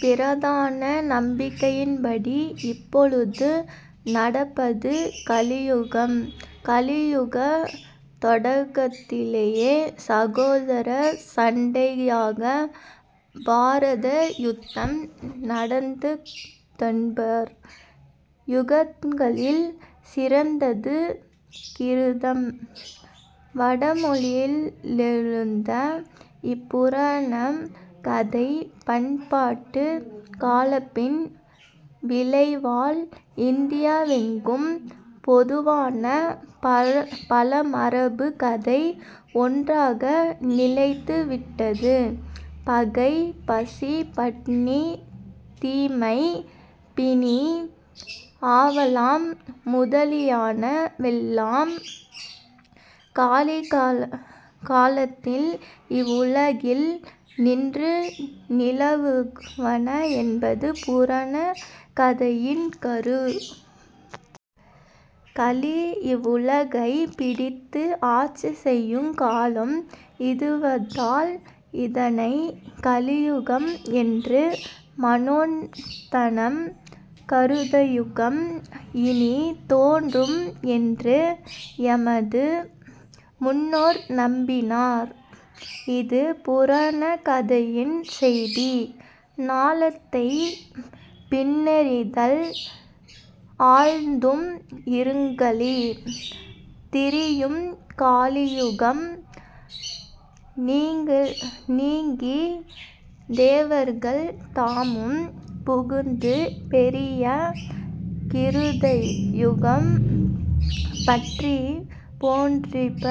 புராதன நம்பிக்கையின்படி இப்பொழுது நடப்பது கலியுகம். கலியுகத் தொடக்கத்திலேயே 'சகோதரச் சண்டையாக பாரத யுத்தம் நடந்ததென்பர். யுகங்களில் சிறந்தது கிருதம். வடமொழியிலெழுந்த இப்புராணக் கதை பண்பாடுக் காலப்பின் விளைவால் இந்தியாவெங்கும் பொதுவான பழமரபுக கதை ஒன்றாக நிலைத்து விட்டது. பகை, பசி, பிணி, தீமை, அவலம் முதலியனவெல்லாம் கலிகாலத்தில் இவ்வுலகில் நின்று நிலவுவன என்பது புராணக் கதையின் கரு. கலி இவ்வுலகைப் பிடித்து ஆட்சி செய்யுங் காலம் இதுவாதலால் இதனைக் கலியுகம் என்றும், மநோத்தனம் கிருதயுகம் இனித் தோன்றும் என்றும் எமது முன்னோர் நம்பினர்; இது புராணக் கதையின் செய்தி. "ஞாலத்தைப் புன்னெறியில் ஆழ்த்தும் இருங்கலி" "திரியும் கலியுகம் நீங்கித் தேவர்கள் தாமும் புகுந்து பெரிய கிருதயுகம் பற்றிப் பேரின்ப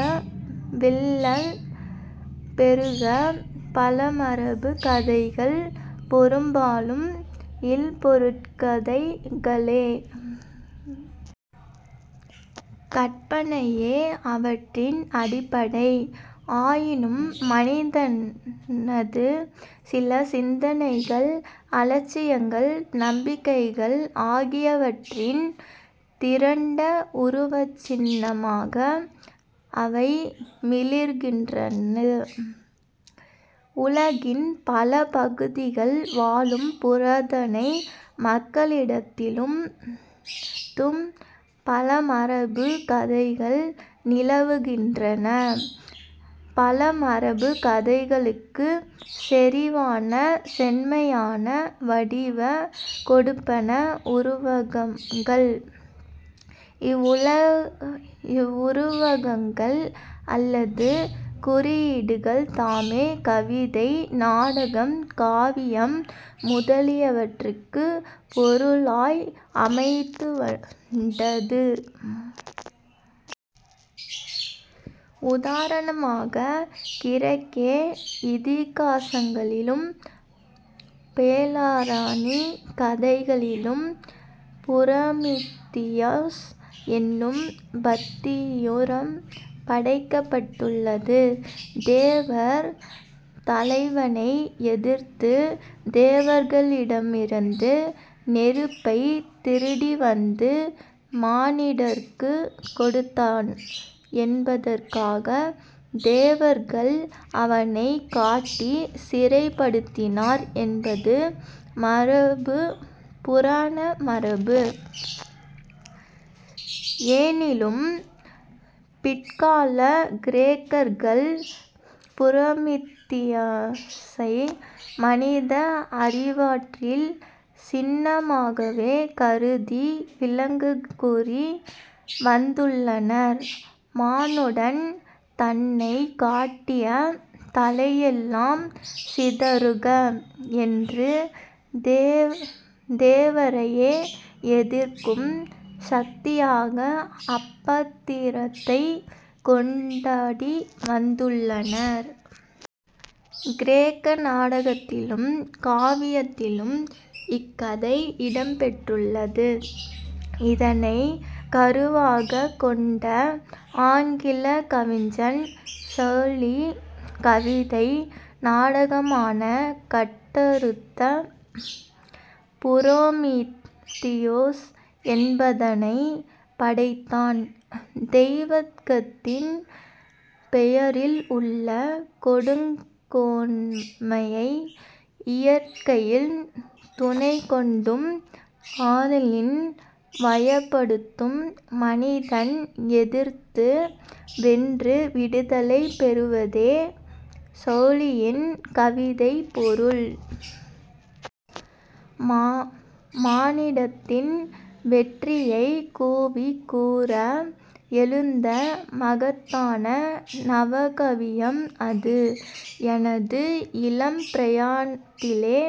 வெள்ளம் பெருக" பழமரபுக் கதைகள் பெரும்பாலும் இல்பொருட்கதைகளே! கற்பனையே அவற்றின் அடிப்படை. ஆயினும் மனிதனது சில சிந்தனைகள், இலட்சியங்கள், நம்பிக்கைகள் ஆகியவற்றின் திரண்ட உருவச்சின்னமாக அவை மிளிர்கின்றன. உலகின் பல பகுதிகளில் வாழும் புராதன மக்களிடத்தும் பழமரபுக் கதைகள் நிலவுகின்றன. பழமரபுக் கதைகளுக்குச் செறிவான-செம்மையான வடிவங் கொடுப்பன உருவகங்கள். இவ்வுருவகங்கள் அல்லது குறியீடுகள் தாமே கவிதை, நாடகம், காவியம் முதலியவற்றிற்குப் பொருளாய் அமைவதுண்டு. உதாரணமாகக் கிரேக்க இதிகாசங்களிலும் பௌராணிகக் கதைகளிலும் புரோமித்தியஸ் என்னும் பாத்திரம் படைக்கப்பட்டுள்ளது. தேவர் தலைவனை எதிர்த்துத் தேவர்களிடமிருந்து நெருப்பைத் திருடிவந்து மானிடர்க்குக் கொடுத்தான் என்பதற்காகத் தேவர்கள் அவனைக் கட்டிச் சிறைப்படுத்தினர் என்பது புராண மரபு. எனினும், பிற்காலக் கிரேக்கர்கள் புரோமித்தியஸை மனித அறிவாற்றலின் சின்னமாகவே கருதி விளக்கங்கூறி வந்துள்ளனர், "மானுடன் தன்னைக் காட்டிய தளையெலாம் சிதறுக" என்று தேவரையே எதிர்க்கும் சக்தியாக அப்பாத்திரத்தைக் கொண்டாடி வந்துள்ளனர். கிரேக்க நாடகத்திலும் காவியத்திலும் இக்கதை இடம் பெற்றுள்ளது. இதனைக் கருவாகக் கொண்டே ஆங்கிலக் கவிஞன் ஷெல்லி கவிதை நாடகமான கட்டறுத்த புரோமித்தியஸ் என்பதனைப் படைத்தான். தெய்விகத்தின் பெயரில் உள்ள கொடுங்கோன்மையை இயற்கையின் துணைக்கொண்டும் காதலின் வயப்பட்டும் மனிதன் எதிர்த்து வென்று விடுதலை பெறுவதே ஷெல்லியின் கவிதைப் பொருள். மானிடத்தின் வெற்றியைக் கூவிக் கூற எழுந்த மகத்தான நவகாவியம் அது. தனது இளம் பிராயத்திலே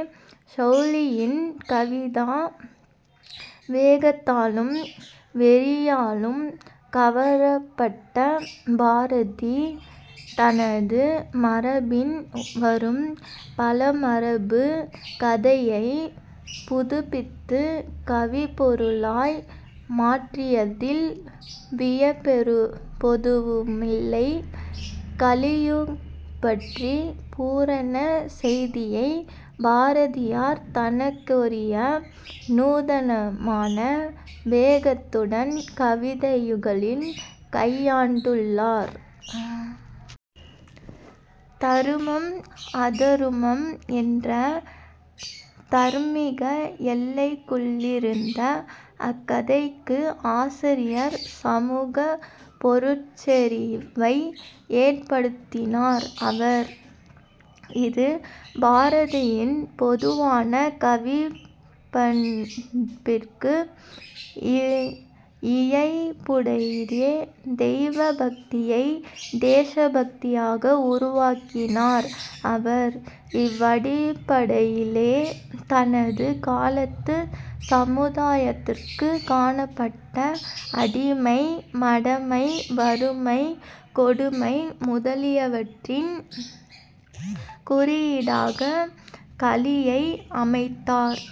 ஷெல்லியின் கவிதா வேகத்தாலும் வெறியாலும் கவரப்பட்ட பாரதி, தனது மரபில் வரும் பழமரபுக் கதையைப் புதுப்பித்துக் கவிப் பொருளாய் மாற்றியதில் வியப்பெதுவுமில்லை. கலியுகம்பற்றிய புராணச் செய்தியைப் பாரதியார் தனக்கேயுரிய நூதனமான வேகத்துடன் கவிதைகளில் கையாண்டுள்ளார். தருமம் அதருமம் என்ற தார்மீக எல்லைக்குள்ளிருந்த அக்கதைக்கு, அரசியற்-சமூகப் பொருட் செறிவை ஏற்படுத்தினார் அவர். இது பாரதியின் பொதுவான கவிப்பண்பிற்கு இயைபுடையதே. தெய்வ பக்தியைத் தேச பக்தியாக உருமாற்றினார் அவர். இவ்வடிப்படையிலேயே, தனது காலத்துச் சமுதாயத்திற் காணப்பட்ட அடிமை, மடமை, வறுமை, கொடுமை முதலியவற்றின் குறியீடாகக் கலியை அமைத்தார்.